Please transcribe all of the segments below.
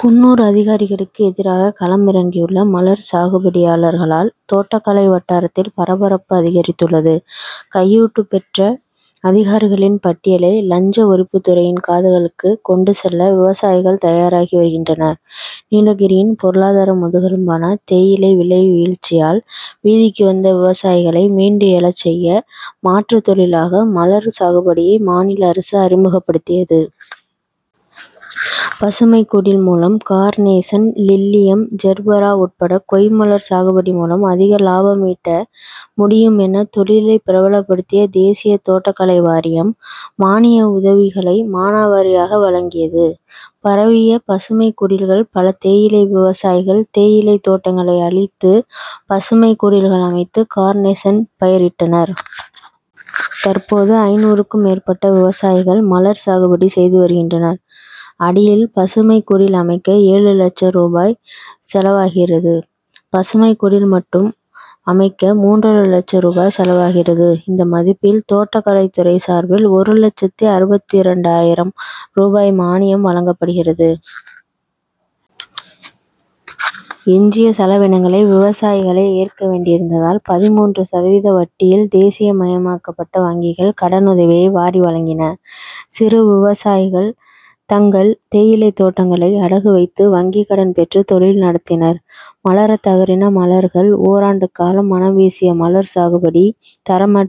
குன்னூர் அதிகாரிகளுக்கு எதிராக களம் இறங்கியுள்ள மலர் சாகுபடியாளர்களால் தோட்டக்கலை வட்டாரத்தில் பரபரப்பு அதிகரித்துள்ளது கையூட்டு பெற்ற அதிகாரிகளின் பட்டியலை லஞ்ச ஒழிப்பு துறையின் காதுகளுக்கு கொண்டு செல்ல விவசாயிகள் தயாராகி வருகின்றனர். நீலகிரியின் பொருளாதார முதுகெலும்பான தேயிலை விலை வீழ்ச்சியால், வீதிக்கு வந்த விவசாயிகளை மீண்டு எழச் செய்ய, மாற்று தொழிலாக மலர் சாகுபடியை மாநில அரசு அறிமுகப்படுத்தியது. பசுமைக் குடில் மூலம் கார்னேஷன், லில்லியம், ஜெர்பரா உட்பட கொய்மலர் சாகுபடி மூலம் அதிக லாபம் ஈட்ட முடியும் என, தொழிலை பிரபலப்படுத்திய தேசிய தோட்டக்கலை வாரியம், மானிய உதவிகளை மானாவாரியாக வழங்கியது. பரவிய பசுமைக் குடில்கள் பல தேயிலை விவசாயிகள், தேயிலைத் தோட்டங்களை அழித்து பசுமைக் குடில்கள் அமைத்து, கார்னேஷன் பயிரிட்டனர். தற்போது, ஐந்நூறுக்கும் மேற்பட்ட விவசாயிகள் மலர் சாகுபடி செய்து வருகின்றனர். அடியில் பசுமைக் குடில் அமைக்க ஏழு லட்ச ரூபாய் செலவாகிறது. பசுமைக் குடில் மட்டும் அமைக்க மூன்றரை லட்ச ரூபாய் செலவாகிறது இந்த மதிப்பில், தோட்டக்கலைத் துறை சார்பில் ஒரு லட்சத்து அறுபத்திரண்டாயிரம் ரூபாய் மானியம் வழங்கப்படுகிறது. எஞ்சிய செலவினங்களை விவசாயிகளே ஏற்க வேண்டியிருந்ததால், பதிமூன்று சதவீத வட்டியில், தேசிய மயமாக்கப்பட்ட வங்கிகள் கடனுதவியை வாரி வழங்கின. சிறு விவசாயிகள், தங்கள் தேயிலைத் தோட்டங்களை அடகு வைத்து வங்கிக் கடன் பெற்று தொழில் நடத்தினர். மலரத் தவறின மலர்கள் ஓராண்டு காலம் மணம் வீசிய மலர் சாகுபடி, தரமற்ற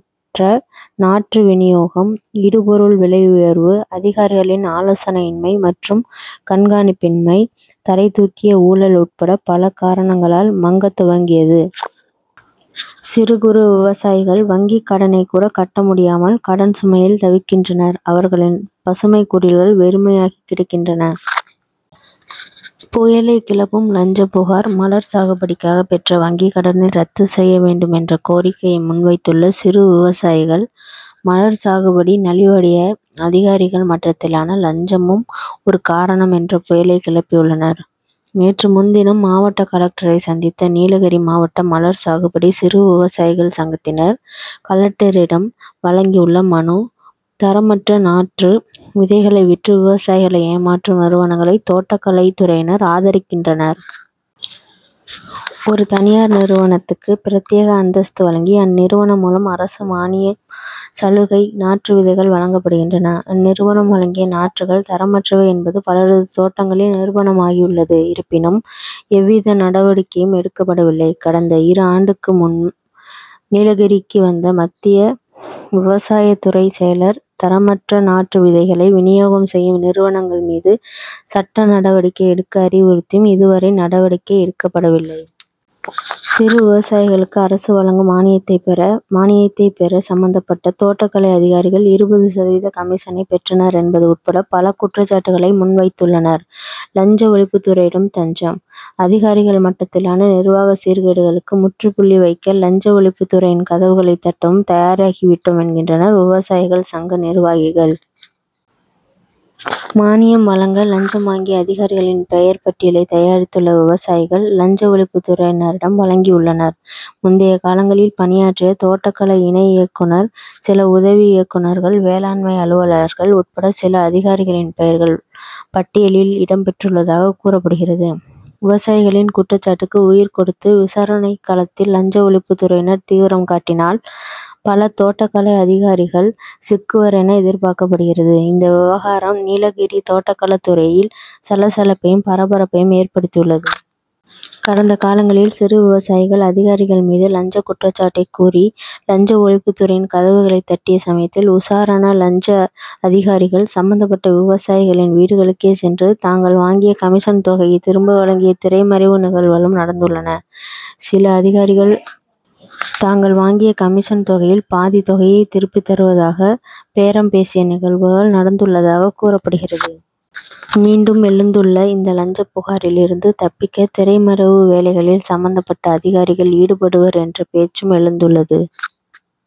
நாற்று வினியோகம், இடுபொருள் விலையுயர்வு, அதிகாரிகளின் ஆலோசனை இன்மை மற்றும் கண்காணிப்பின்மை, தலை தூக்கிய ஊழல் உட்பட பல காரணங்களால் மங்க துவங்கியது சிறு, குறு விவசாயிகள் வங்கி கடனை கூட கட்ட முடியாமல், கடன் சுமையில் தவிக்கின்றனர் அவர்களின் பசுமைக் குடில்கள் வெறுமையாகி கிடக்கின்றன. புயலை கிளப்பும் லஞ்சப் புகார் மலர் சாகுபடிக்காக பெற்ற வங்கி கடனை ரத்து செய்ய வேண்டும் என்ற கோரிக்கையை முன்வைத்துள்ள சிறு விவசாயிகள், மலர் சாகுபடி நலிவடைய அதிகாரிகள் மட்டத்திலான லஞ்சமும் ஒரு காரணம் என்ற புயலை கிளப்பியுள்ளனர். நேற்று முன்தினம் மாவட்ட கலெக்டரை சந்தித்த நீலகிரி மாவட்ட மலர் சாகுபடி சிறு விவசாயிகள் சங்கத்தினர் கலெக்டரிடம் வழங்கியுள்ள மனு; தரமற்ற நாற்று, விதைகளை விற்று, விவசாயிகளை ஏமாற்றும் நிறுவனங்களை தோட்டக்கலை துறையினர் ஆதரிக்கின்றனர். ஒரு தனியார் நிறுவனத்துக்கு பிரத்யேக அந்தஸ்து வழங்கி, அந்நிறுவனம் மூலம் அரசு மானியம், சலுகை, நாற்று, விதைகள் வழங்கப்படுகின்றன. அந்நிறுவனம் வழங்கிய நாற்றுகள் தரமற்றவை என்பது பலரது தோட்டங்களில் நிரூபணமாகியுள்ளது இருப்பினும், எவ்வித நடவடிக்கையும் எடுக்கப்படவில்லை. கடந்த இரு ஆண்டுக்கு முன் நீலகிரிக்கு வந்த மத்திய விவசாயத் துறை செயலர், தரமற்ற நாற்று, விதைகளை வினியோகம் செய்யும் நிறுவனங்கள் மீது சட்ட நடவடிக்கை எடுக்க அறிவுறுத்தியும், இதுவரை நடவடிக்கை எடுக்கப்படவில்லை. சிறு விவசாயிகளுக்கு அரசு வழங்கும் மானியத்தை பெற, மானியத்தை பெற சம்மந்தப்பட்ட தோட்டக்கலை அதிகாரிகள் இருபது சதவீத கமிஷனை பெற்றனர் என்பது உட்பட பல குற்றச்சாட்டுகளை முன்வைத்துள்ளனர். லஞ்ச ஒழிப்பு துறையிடம் தஞ்சம்: அதிகாரிகள் மட்டத்திலான நிர்வாக சீர்கேடுகளுக்கு முற்றுப்புள்ளி வைக்க லஞ்ச ஒழிப்புத் துறையின் கதவுகளை தட்டவும் தயாராகிவிட்டோம், என்கின்றனர் விவசாயிகள் சங்க நிர்வாகிகள். மானியம் வழங்க லஞ்சம் வாங்கிய அதிகாரிகளின் பெயர் பட்டியலை தயாரித்துள்ள விவசாயிகள், லஞ்ச ஒழிப்புத் துறையினரிடம் வழங்கவுள்ளனர். முந்தைய காலங்களில் பணியாற்றிய தோட்டகலை இணை இயக்குனர், சில உதவி இயக்குனர்கள், வேளாண்மை அலுவலர்கள் உட்பட சில அதிகாரிகளின் பெயர்கள் பட்டியலில் இடம் பெற்றுள்ளதாக கூறப்படுகிறது. விவசாயிகளின் குற்றச்சாட்டுக்கு உயிர் கொடுத்து, விசாரணை களத்தில் லஞ்ச ஒழிப்புத் துறையினர் தீவிரம் காட்டினால், பல தோட்டக் கலை அதிகாரிகள் சிக்குவர் என எதிர்பார்க்கப்படுகிறது இந்த விவகாரம் நீலகிரி தோட்டக்கலை துறையில் சலசலப்பையும், பரபரப்பையும் ஏற்படுத்தியுள்ளது. கடந்த காலங்களில், சிறு விவசாயிகள், அதிகாரிகள் மீது லஞ்ச குற்றச்சாட்டை கூறி, லஞ்ச ஒழிப்பு துறையின் கதவுகளை தட்டிய சமயத்தில், உஷாரான லஞ்ச அதிகாரிகள், சம்மந்தப்பட்ட விவசாயிகளின் வீடுகளுக்கே சென்று, தாங்கள் வாங்கிய கமிஷன் தொகையை திரும்ப வழங்கிய திரைமறைவு நிகழ்வுகளும் நடந்துள்ளன. சில அதிகாரிகள் தாங்கள் வாங்கிய கமிஷன் தொகையில் பாதி தொகையை திருப்பி தருவதாக பேரம் பேசிய நிகழ்வுகள் நடந்துள்ளதாக கூறப்படுகிறது. மீண்டும் எழுந்துள்ள இந்த லஞ்சப் புகாரில் இருந்து தப்பிக்க திரைமறைவு வேலைகளில் சம்மந்தப்பட்ட அதிகாரிகள் ஈடுபடுவர் என்ற பேச்சும் எழுந்துள்ளது.